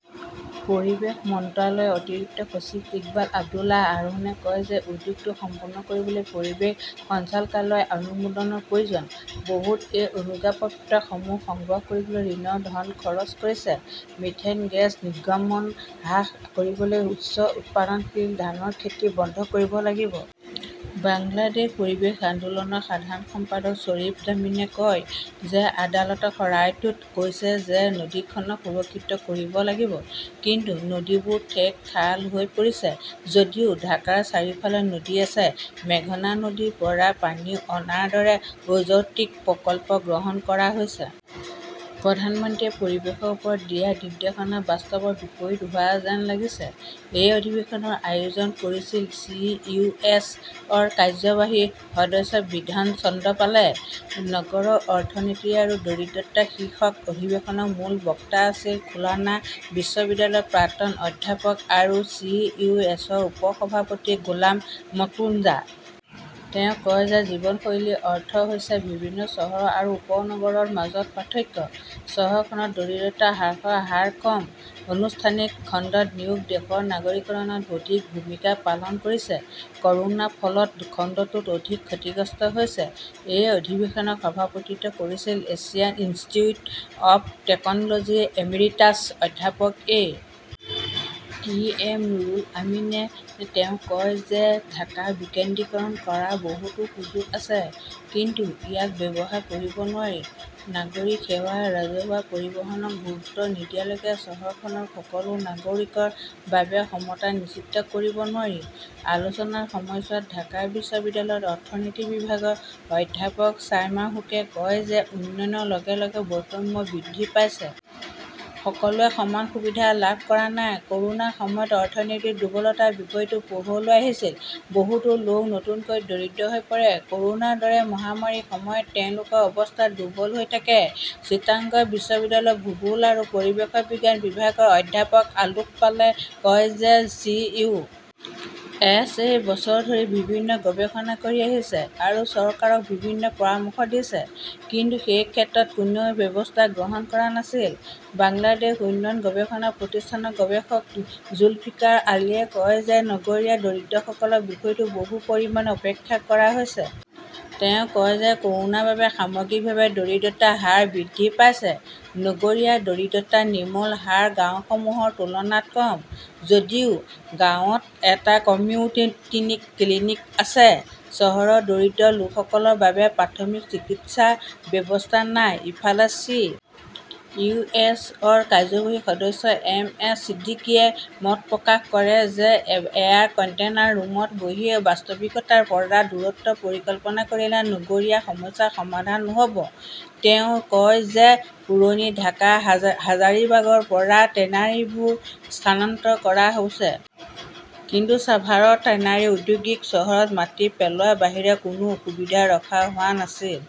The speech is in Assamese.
পৰিৱেশ মন্ত্ৰালয়ৰ অতিৰিক্ত সচিব ইকবাল আব্দুল্লাহ হাৰুনে কয় যে উদ্যোগটো সম্পন্ন কৰিবলৈ পৰিৱেশ সঞ্চালকালয়ৰ অনুমোদনৰ প্ৰয়োজন। বহুতে এই অনুজ্ঞাপত্ৰসমূহ সংগ্ৰহ কৰিবলৈ ঋণৰ ধন খৰচ কৰিছে। মিথেন গেছ নিৰ্গমন হ্ৰাস কৰিবলৈ উচ্চ উৎপাদনশীল ধানৰ খেতি বন্ধ কৰিব লাগিব। বাংলাদেশ পৰিৱেশ আন্দোলনৰ সাধাৰণ সম্পাদক শ্বৰীফ জামিলে কয় যে আদালতে ৰায়টোত কৈছে যে নদীখনক সুৰক্ষিত কৰিব লাগিব। কিন্তু নদীবোৰ ঠেক খাল হৈ পৰিছে। যদিও ঢাকাৰ চাৰিওফালে নদী আছে, মেঘনা নদীৰ পৰা পানী অনাৰ দৰে অযৌক্তিক প্ৰকল্প গ্ৰহণ কৰা হৈছে। প্ৰধানমন্ত্ৰীয়ে পৰিৱেশৰ ওপৰত দিয়া নিৰ্দেশনা বাস্তৱত বিপৰীত হোৱা যেন লাগিছে। এই অধিৱেশনৰ আয়োজন কৰিছিল চি. ইউ. এছ. -ৰ কাৰ্যবাহী সদস্য বিধান চন্দ্ৰ পালে। "নগৰ অৰ্থনীতি আৰু দৰিদ্ৰতা" শীৰ্ষক অধিৱেশনৰ মূল বক্তা আছিল খুলনা বিশ্ববিদ্যালয়ৰ প্ৰাক্তন অধ্যাপক আৰু চি ইউ এছৰ উপ-সভাপতি গোলাম মৰ্তুজা। তেওঁ কয় যে জীৱনশৈলীৰ অৰ্থ হৈছে বিভিন্ন চহৰ আৰু উপ-নগৰৰ মাজত পাৰ্থক্য। চহৰখনত দৰিদ্ৰতা হ্ৰাসৰ হাৰ কম। অনানুষ্ঠানিক খণ্ডৰ নিয়োগে দেশৰ নগৰীকৰণত অধিক ভূমিকা পালন কৰিছে। ক'ৰোনাৰ ফলত খণ্ডটো অধিক ক্ষতিগ্ৰস্ত হৈছে। এই অধিৱেশনৰ সভাপতিত্ব কৰিছিল এছিয়ান ইনষ্টিটিউট অৱ টেকন'লজিৰ এমিৰিটাছ অধ্যাপক এ. টি. এম. নুৰুল আমিনে। তেওঁ কয় যে ঢাকাক বিকেন্দ্ৰীকৰণ কৰাৰ বহুতো সুযোগ আছে। কিন্তু ইয়াক ব্যৱহাৰ কৰিব নোৱাৰি। নাগৰিক সেৱা, ৰাজহুৱা পৰিবহণক গুৰুত্ব নিদিয়ালৈকে চহৰখনৰ সকলো নাগৰিকৰ বাবে সমতা নিশ্চিত কৰিব নোৱাৰি। আলোচনাৰ সময়ছোৱাত ঢাকা বিশ্ববিদ্যালয়ৰ অৰ্থনীতি বিভাগৰ অধ্যাপক চাইমা হুকে কয় যে উন্নয়নৰ লগে লগে বৈষম্য বৃদ্ধি পাইছে। সকলোৱে সমান সুবিধা লাভ কৰা নাই। ক'ৰোনাৰ সময়ত অৰ্থনৈতিক দুৰ্বলতাৰ বিষয়টো পোহৰলৈ আহিছিল। বহুতো লোক নতুনকৈ দৰিদ্ৰ হৈ পৰে। ক'ৰোনাৰ দৰে মহামাৰীৰ সময়ত তেওঁলোকৰ অৱস্থা দুৰ্বল হৈ থাকে। চিটাগং বিশ্ববিদ্যালয়ৰ ভূগোল আৰু পৰিৱেশ বিজ্ঞান বিভাগৰ অধ্যাপক আলোক পালে কয় যে চি .ইউ .এছ-এ বছৰ ধৰি বিভিন্ন গৱেষণা কৰি আহিছে আৰু চৰকাৰক বিভিন্ন পৰামৰ্শ দিছে। কিন্তু সেই ক্ষেত্ৰত কোনেও ব্যৱস্থা গ্ৰহণ কৰা নাছিল। বাংলাদেশ উন্নয়ন গৱেষণা প্ৰতিষ্ঠানৰ গৱেষক জুলফিকাৰ আলীয়ে কয় যে নগৰীয়া দৰিদ্ৰসকলৰ বিষয়টো বহু পৰিমাণে উপেক্ষা কৰা হৈছে। তেওঁ কয় যে ক'ৰোনাৰ বাবে সামগ্ৰিকভাৱে দৰিদ্ৰতাৰ হাৰ বৃদ্ধি পাইছে। নগৰীয়া দৰিদ্ৰতা নিৰ্মূলৰ হাৰ গাঁওসমূহৰ তুলনাত কম। যদিও গাঁৱত এটা কমিউনিটি ক্লিনিক আছে, চহৰৰ দৰিদ্ৰ লোকসকলৰ বাবে প্ৰাথমিক চিকিৎসাৰ ব্যৱস্থা নাই। ইফালে চি. ইউ. এছ. -ৰ কাৰ্যবাহী সদস্য এম. এছ. ছিদ্দিকীয়ে মত প্ৰকাশ কৰে যে এয়াৰ কণ্টেইনাৰ ৰুমত বহি বাস্তৱিকতাৰ পৰা দূৰত্বৰ পৰিকল্পনা কৰিলে নগৰীয়া সমস্যাৰ সমাধান নহ 'ব। তেওঁ কয় যে পুৰণি ঢাকাৰ হাজাৰিবাগৰ পৰা টেনাৰীবোৰ স্থানান্তৰ কৰা হৈছে। কিন্তু ছাভাৰৰ টেনাৰী ঔদ্যোগিক চহৰত মাটি পেলোৱাৰ বাহিৰে কোনো সুবিধা ৰখা হোৱা নাছিল।